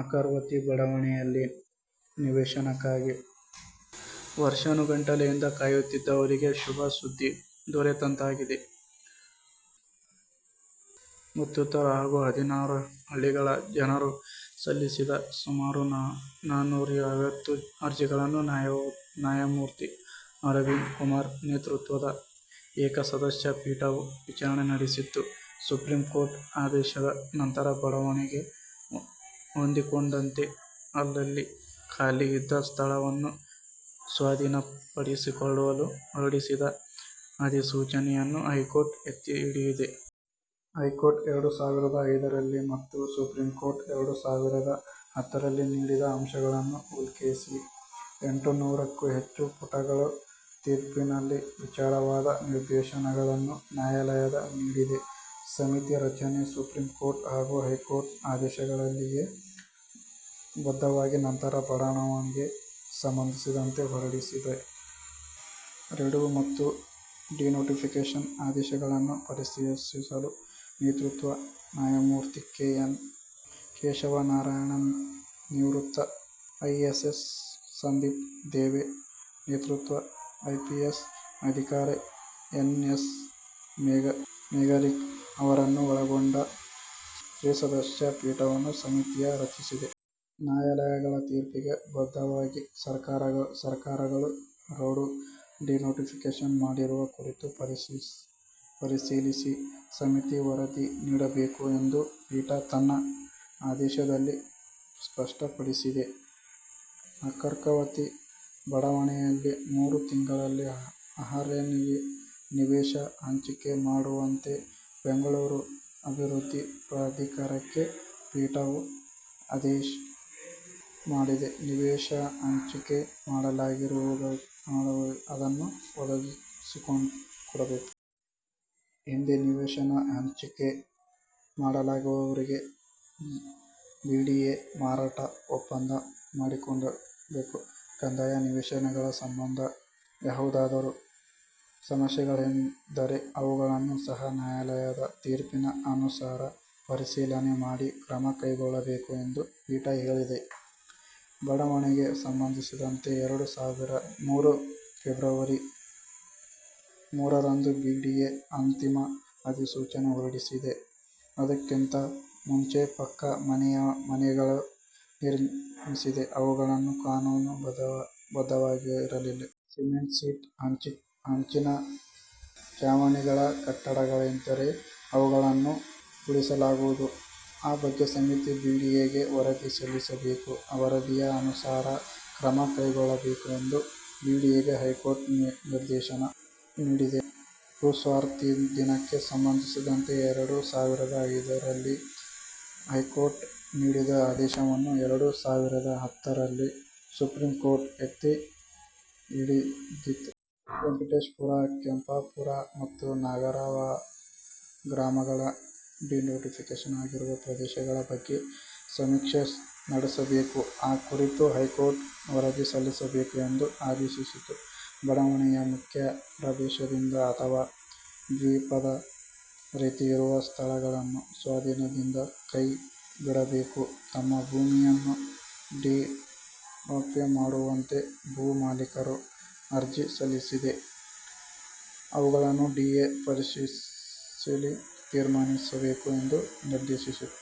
ಅರ್ಕಾವತಿ ಬಡಾವಣೆಯಲ್ಲಿ ನಿವೇಶನಕ್ಕಾಗಿ ವರ್ಷಾನುಗಟ್ಟಲೆಯಿಂದ ಕಾಯುತ್ತಿದ್ದವರಿಗೆ ಶುಭ ಸುದ್ದಿ ದೊರೆತಂತಾಗಿದೆ. ಭೂಸ್ವಾಧೀನ ಪ್ರಶ್ನಿಸಿ ಕೆ ಪಿ ಅಂಜನಪ್ಪ ಮತ್ತಿತರರು ಹಾಗೂ ಹದಿನಾರು ಹಳ್ಳಿಗಳ ಜನರು ಸಲ್ಲಿಸಿದ್ದ ಸುಮಾರು ನಾನೂರಾ ಐವತ್ತು ಅರ್ಜಿಗಳನ್ನು ನ್ಯಾಯಮೂರ್ತಿ ಅರವಿಂದ್ ಕುಮಾರ್ ನೇತೃತ್ವದ ಏಕಸದಸ್ಯ ಪೀಠವು ವಿಚಾರಣೆ ನಡೆಸಿತ್ತು. ಸುಪ್ರೀಂಕೋರ್ಟ್ ಆದೇಶದ ನಂತರ ಬಡಾವಣೆಗೆ ಹೊಂದಿಕೊಂಡಂತೆ ಅಲ್ಲಲ್ಲಿ ಖಾಲಿ ಇದ್ದ ಸ್ಥಳವನ್ನು ಸ್ವಾಧೀನಪಡಿಸಿಕೊಳ್ಳಲು ಹೊರಡಿಸಿದ್ದ ಅಧಿಸೂಚನೆಯನ್ನು ಹೈಕೋರ್ಟ್ ಎತ್ತಿಹಿಡಿದಿದೆ. ಹೈಕೋರ್ಟ್ ಎರಡು ಸಾವಿರದ ಐದರಲ್ಲಿ ಮತ್ತು ಸುಪ್ರೀಂಕೋರ್ಟ್ ಎರಡು ಸಾವಿರದ ಹತ್ತರಲ್ಲಿ ನೀಡಿದ್ದ ಅಂಶಗಳನ್ನು ಉಲ್ಲೇಖಿಸಿ ಎಂಟುನೂರಕ್ಕೂ ಹೆಚ್ಚು ಪುಟಗಳ ತೀರ್ಪಿನಲ್ಲಿ ವಿವರವಾದ ನಿರ್ದೇಶನಗಳನ್ನು ನ್ಯಾಯಾಲಯ ನೀಡಿದೆ. ಸಮಿತಿ ರಚನೆ ಸುಪ್ರೀಂ ಕೋರ್ಟ್ ಹಾಗೂ ಹೈಕೋರ್ಟ್ ಆದೇಶಗಳಿಗೆ ಬದ್ಧವಾಗಿ ನಂತರ ಬಡಾವಣೆಗೆ ಸಂಬಂಧಿಸಿದಂತೆ ಹೊರಡಿಸಿದ್ದ ರಿಡೂ ಮತ್ತು ಡಿನೋಟಿಫಿಕೇಷನ್ ಆದೇಶಗಳನ್ನು ಪರಿಶೀಲಿಸಲು ನಿವೃತ್ತ ನ್ಯಾಯಮೂರ್ತಿ ಕೆ ಎನ್ ಕೇಶವನಾರಾಯಣ, ನಿವೃತ್ತ ಐಎಎಸ್ ಸಂದೀಪ್ ದವೆ, ನಿವೃತ್ತ ಐಪಿಎಸ್ ಅಧಿಕಾರಿ ಎನ್ ಎಸ್ ಮೇಘರಿಕ್ ಅವರನ್ನು ಒಳಗೊಂಡ ತ್ರಿಸದಸ್ಯ ಪೀಠವನ್ನು ಸಮಿತಿಯ ರಚಿಸಿದೆ. ನ್ಯಾಯಾಲಯಗಳ ತೀರ್ಪಿಗೆ ಬದ್ದವಾಗಿ ಸರ್ಕಾರಗಳು ರಿಡೂ, ಡಿನೋಟಿಫಿಕೇಷನ್ ಮಾಡಿರುವ ಕುರಿತು ಪರಿಶೀಲಿಸಿ ಸಮಿತಿ ವರದಿ ನೀಡಬೇಕು ಎಂದು ಪೀಠ ತನ್ನ ಆದೇಶದಲ್ಲಿ ಸ್ಪಷ್ಟಪಡಿಸಿದೆ. ಅರ್ಕಾವತಿ ಬಡಾವಣೆಯಲ್ಲಿ ಮೂರು ತಿಂಗಳಲ್ಲಿ ಅರ್ಹರಿಗೆ ನಿವೇಶನ ಹಂಚಿಕೆ ಮಾಡುವಂತೆ ಬೆಂಗಳೂರು ಅಭಿವೃದ್ಧಿ ಪ್ರಾಧಿಕಾರಕ್ಕೆ ಪೀಠವು ಆದೇಶ ಮಾಡಿದೆ. ನಿವೇಶನ ಹಂಚಿಕೆ ಮಾಡಲಾಗಿರುವವರಿಗೆ ಅದನ್ನು ಒದಗಿಸಿಕೊಡಬೇಕು. ಹಿಂದೆ ನಿವೇಶನ ಹಂಚಿಕೆ ಮಾಡಲಾಗಿರುವವರಿಗೆ ಬಿಡಿಎ ಮಾರಾಟ ಒಪ್ಪಂದ ಮಾಡಿಕೊಡಬೇಕು. ಕಂದಾಯ ನಿವೇಶನಗಳ ಸಂಬಂಧ ಯಾವುದಾದರೂ ಸಮಸ್ಯೆಗಳಿದ್ದರೆ ಅವುಗಳನ್ನೂ ಸಹ ನ್ಯಾಯಾಲಯದ ತೀರ್ಪಿನ ಅನುಸಾರ ಪರಿಶೀಲನೆ ಮಾಡಿ ಕ್ರಮ ಕೈಗೊಳ್ಳಬೇಕು ಎಂದು ಪೀಠ ಹೇಳಿದೆ. ಬಡಾವಣೆಗೆ ಸಂಬಂಧಿಸಿದಂತೆ ಎರಡು ಸಾವಿರದ ಮೂರರ ಫೆಬ್ರುವರಿ ಮೂರರಂದು ಬಿಡಿಎ ಅಂತಿಮ ಅಧಿಸೂಚನೆ ಹೊರಡಿಸಿದ್ದು, ಅದಕ್ಕಿಂತ ಮುಂಚೆ ಪಕ್ಕಾ ಮನೆಗಳನ್ನು ನಿರ್ಮಿಸಿದ್ದರೆ ಅವುಗಳು ಕಾನೂನು ಬದ್ಧವಾಗಿರಲಿವೆ. ಸಿಮೆಂಟ್ ಶೀಟ್, ಹೆಂಚಿನ ಚಾವಣಿಗಳ ಕಟ್ಟಡಗಳಿದ್ದರೆ ಅವುಗಳನ್ನು ಉಳಿಸಲಾಗದು. ಆ ಬಗ್ಗೆ ಸಮಿತಿ ಬಿಡಿಎಗೆ ವರದಿ ಸಲ್ಲಿಸಬೇಕು. ವರದಿಯ ಅನುಸಾರ ಕ್ರಮ ಕೈಗೊಳ್ಳಬೇಕು ಎಂದು ಬಿಡಿಎಗೆ ಹೈಕೋರ್ಟ್ ನಿರ್ದೇಶನ ನೀಡಿದೆ. ಭೂಸ್ವಾಧೀನಕ್ಕೆ ಸಂಬಂಧಿಸಿದಂತೆ ಎರಡು ಸಾವಿರದ ಐದರಲ್ಲಿ ಹೈಕೋರ್ಟ್ ನೀಡಿದ್ದ ಆದೇಶವನ್ನು ಎರಡು ಸಾವಿರದ ಹತ್ತರಲ್ಲಿ ಸುಪ್ರೀಂಕೋರ್ಟ್ ಎತ್ತಿ ಹಿಡಿದಿತ್ತು. ವೆಂಕಟೇಶಪುರ, ಕೆಂಪಾಪುರ ಮತ್ತು ನಾಗಾವಾರ ಗ್ರಾಮಗಳ ಡಿನೋಟಿಫಿಕೇಷನ್ ಆಗಿರುವ ಪ್ರದೇಶಗಳ ಬಗ್ಗೆ ಸಮೀಕ್ಷೆ ನಡೆಸಬೇಕು. ಆ ಕುರಿತು ಹೈಕೋರ್ಟ್ಗೆ ವರದಿ ಸಲ್ಲಿಸಬೇಕು ಎಂದು ಆದೇಶಿಸಿತ್ತು. ಬಡಾವಣೆಯ ಮುಖ್ಯ ಪ್ರದೇಶದಿಂದ ಅಥವಾ ದ್ವೀಪದ ರೀತಿ ಇರುವ ಸ್ಥಳಗಳನ್ನು ಸ್ವಾಧೀನದಿಂದ ಕೈ ಬಿಡಬೇಕು. ತಮ್ಮ ಭೂಮಿಯನ್ನೂ ಡಿನೋಟಿಫೈ ಮಾಡುವಂತೆ ಭೂ ಮಾಲೀಕರು ಅರ್ಜಿ ಸಲ್ಲಿಸಿದರೆ ಅವುಗಳನ್ನು ಬಿಡಿಎ ಪರಿಶೀಲಿಸಿ ತೀರ್ಮಾನಿಸಬೇಕು ಎಂದು ನಿರ್ದೇಶಿಸಿತ್ತು.